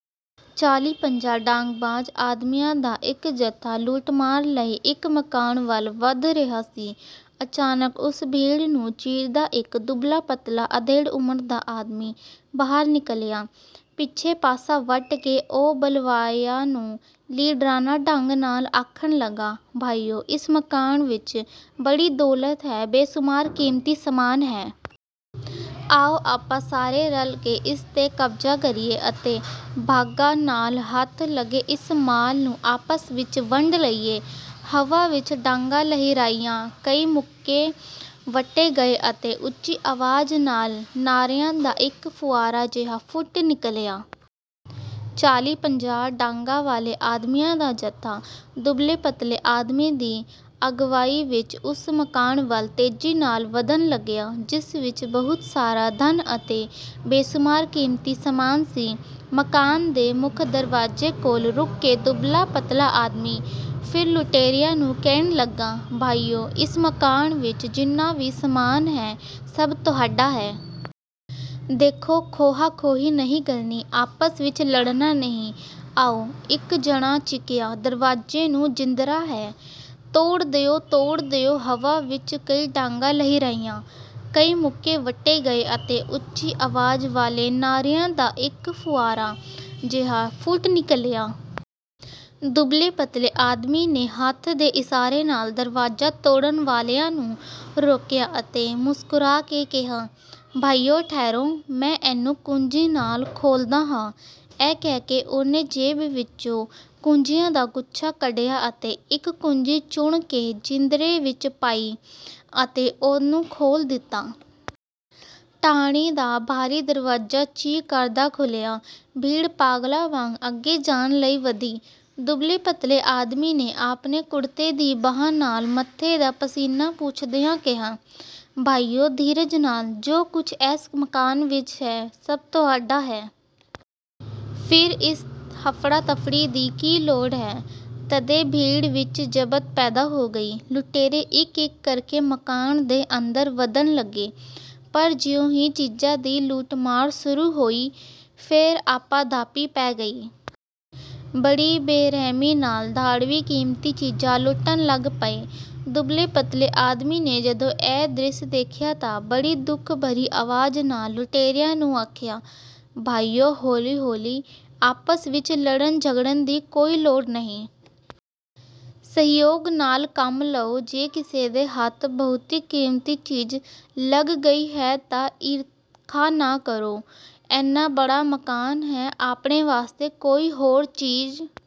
ਚਾਲੀ ਪੰਜਾਹ ਡਾਂਗਬਾਜ਼ ਆਦਮੀਆਂ ਦਾ ਇਕ ਜੱਥਾ ਲੁੱਟਮਾਰ ਲਈ ਇਕ ਮਕਾਨ ਵੱਲ ਵਧ ਰਿਹਾ ਸੀ। ਅਚਾਨਕ ਉਸ ਭੀੜ ਨੂੰ ਚੀਰਦਾ ਇਕ ਦੁਬਲਾ-ਪਤਲਾ ਅਧੇੜ ਉਮਰ ਦਾ ਆਦਮੀ ਬਾਹਰ ਨਿਕਲਿਆ। ਪਿੱਛੇ ਪਾਸਾ ਵੱਟ ਕੇ ਉਹ ਬਲਵਾਈਆਂ ਨੂੰ ਲੀਡਰਾਨਾ ਢੰਗ ਨਾਲ ਆਖਣ ਲੱਗਾ, ਭਾਈਓ, ਇਸ ਮਕਾਨ ਵਿਚ ਬੜੀ ਦੌਲਤ ਹੈ, ਬੇਸੁਮਾਰ ਕੀਮਤੀ ਸਮਾਨ ਹੈ। ਆਓ ਆਪਾਂ ਸਾਰੇ ਰਲ ਕੇ ਇਸ ਤੇ ਕਬਜ਼ਾ ਕਰੀਏ ਅਤੇ ਭਾਗਾਂ ਨਾਲ ਹੱਥ ਲੱਗੇ ਇਸ ਮਾਲ ਨੂੰ ਆਪਸ ਵਿਚ ਵੰਡ ਲਈਏ।” ਹਵਾ ਵਿਚ ਡਾਂਗਾਂ ਲਹਿਰਾਈਆਂ, ਕਈ ਮੁੱਕੇ ਵੱਟੇ ਗਏ ਅਤੇ ਉੱਚੀ ਆਵਾਜ਼ ਨਾਲ ਨਾਰ੍ਹਿਆਂ ਦਾ ਇਕ ਫੁਹਾਰਾ ਜਿਹਾ ਫੁੱਟ ਨਿਕਲਿਆ। ਚਾਲੀ ਪੰਜਾਹ ਡਾਂਗਾਂ ਵਾਲੇ ਆਦਮੀਆਂ ਦਾ ਜੱਥਾ ਦੁਬਲੇ-ਪਤਲੇ ਆਦਮੀ ਦੀ ਅਗਵਾਈ ਵਿਚ ਉਸ ਮਕਾਨ ਵੱਲ ਤੇਜ਼ੀ ਨਾਲ ਵਧਣ ਲੱਗਿਆ, ਜਿਸ ਵਿਚ ਬਹੁਤ ਸਾਰਾ ਧਨ ਅਤੇ ਬੇਸ਼ੁਮਾਰ ਕੀਮਤੀ ਸਮਾਨ ਸੀ। ਮਕਾਨ ਦੇ ਮੁੱਖ ਦਰਵਾਜੇ ਕੋਲ ਰੁਕ ਕੇ ਦੁਬਲਾ-ਪਤਲਾ ਆਦਮੀ ਫਿਰ ਲੁਟੇਰਿਆਂ ਨੂੰ ਕਹਿਣ ਲੱਗਾ, “ਭਾਈਓ, ਇਸ ਮਕਾਨ ਵਿਚ ਜਿੰਨਾ ਵੀ ਸਮਾਨ ਹੈ, ਸਭ ਤੁਹਾਡਾ ਹੈ। ਦੇਖੋ, ਖੋਹਾ-ਖੋਹੀ ਨਹੀਂ ਕਰਨੀ, ਆਪਸ ਵਿਚ ਲੜਨਾ ਨਹੀਂ। ਆਓ। ਇਕ ਜਣਾ ਚੀਕਿਆ, ਦਰਵਾਜੇ ਨੂੰ ਜਿੰਦਰਾ ਹੈ। ਤੋੜ ਦਿਓ। ਤੋੜ ਦਿਓ। ਹਵਾ ਵਿਚ ਕਈ ਡਾਂਗਾਂ ਲਹਿਰਾਈਆਂ, ਕਈ ਮੁੱਕੇ ਵੱਟੇ ਗਏ ਅਤੇ ਉੱਚੀ ਆਵਾਜ਼ ਵਾਲੇ ਨਾਰ੍ਹਿਆਂ ਦਾ ਇਕ ਫੁਹਾਰਾ ਜਿਹਾ ਫੁੱਟ ਨਿਕਲਿਆ। ਦੁਬਲੇ-ਪਤਲੇ ਆਦਮੀ ਨੇ ਹੱਥ ਦੇ ਇਸਾਰੇ ਨਾਲ ਦਰਵਾਜਾ ਤੋੜਨ ਵਾਲਿਆਂ ਨੂੰ ਰੋਕਿਆ ਅਤੇ ਮੁਸਕਰਾ ਕੇ ਕਿਹਾ, ਭਾਈਓ, ਠਹਿਰੋ। ਮੈਂ ਇਹਨੂੰ ਕੁੰਜੀ ਨਾਲ ਖੋਲ੍ਹਦਾ ਹਾਂ। ਇਹ ਕਹਿ ਕੇ ਉਹਨੇ ਜੇਬ ਵਿਚੋਂ ਕੁੰਜੀਆਂ ਦਾ ਗੁੱਛਾ ਕੱਢਿਆ ਅਤੇ ਇਕ ਕੁੰਜੀ ਚੁਣ ਕੇ ਜਿੰਦਰੇ ਵਿਚ ਪਾਈ ਅਤੇ ਉਹਨੂੰ ਖੋਲ੍ਹ ਦਿੱਤਾ। ਟਾਹਲੀ ਦਾ ਭਾਰੀ ਦਰਵਾਜਾ ਚੀਂ ਕਰਦਾ ਖੁੱਲਿਆ ਤਾਂ ਭੀੜ ਪਾਗਲਾਂ ਵਾਂਗ ਅੱਗੇ ਜਾਣ ਲਈ ਵਧੀ। ਦੁਬਲੇ-ਪਤਲੇ ਆਦਮੀ ਨੇ ਆਪਣੇ ਕੁੜਤੇ ਦੀ ਬਾਂਹ ਨਾਲ ਮੱਥੇ ਦਾ ਪਸੀਨਾ ਪੂੰਛਦਿਆਂ ਕਿਹਾ, ਭਾਈਓ, ਧੀਰਜ ਨਾਲ। ਜੋ ਕੁਝ ਇਸ ਮਕਾਨ ਵਿਚ ਹੈ, ਸਭ ਤੁਹਾਡਾ ਹੈ। ਫਿਰ ਇਸ ਹਫੜਾ-ਤਫੜੀ ਦੀ ਕੀ ਲੋੜ ਹੈ? ਤਦੇ ਭੀੜ ਵਿਚ ਜ਼ਬਤ ਪੈਦਾ ਹੋ ਗਿਆ। ਲੁਟੇਰੇ ਇਕ-ਇਕ ਕਰਕੇ ਮਕਾਨ ਦੇ ਅੰਦਰ ਵਧਣ ਲੱਗੇ, ਪਰ ਜਿਉਂ ਹੀ ਚੀਜ਼ਾਂ ਦੀ ਲੁੱਟਮਾਰ ਸੁਰੂ ਹੋਈ, ਫਿਰ ਆਪਾ ਧਾਪੀ ਪੈ ਗਈ। ਬੜੀ ਬੇਰਹਿਮੀ ਨਾਲ ਧਾੜਵੀ ਕੀਮਤੀ ਚੀਜ਼ਾਂ ਲੁੱਟਣ ਲੱਗ ਪਏ। ਦੁਬਲੇ-ਪਤਲੇ ਆਦਮੀ ਨੇ ਜਦੋਂ ਇਹ ਦ੍ਰਿਸ਼ ਦੇਖਿਆ ਤਾਂ ਬੜੀ ਦੁੱਖ ਭਰੀ ਆਵਾਜ਼ ਨਾਲ ਲੁਟੇਰਿਆਂ ਨੂੰ ਆਖਿਆ, ਭਾਈਓ, ਹੌਲੀ ਹੌਲੀ। ਆਪਸ ਵਿਚ ਲੜਨ-ਝਗੜਨ ਦੀ ਕੋਈ ਲੋੜ ਨਹੀਂ। ਸਹਿਯੋਗ ਨਾਲ ਕੰਮ ਲਓ। ਜੇ ਕਿਸੇ ਦੇ ਹੱਥ ਬਹੁਤੀ ਕੀਮਤੀ ਚੀਜ਼ ਲੱਗ ਗਈ ਹੈ ਤਾਂ ਈਰਖਾ ਨਾ ਕਰੋ। ਏਨਾ ਬੜਾ ਮਕਾਨ ਹੈ, ਆਪਣੇ ਵਾਸਤੇ ਕੋਈ ਹੋਰ ਚੀਜ਼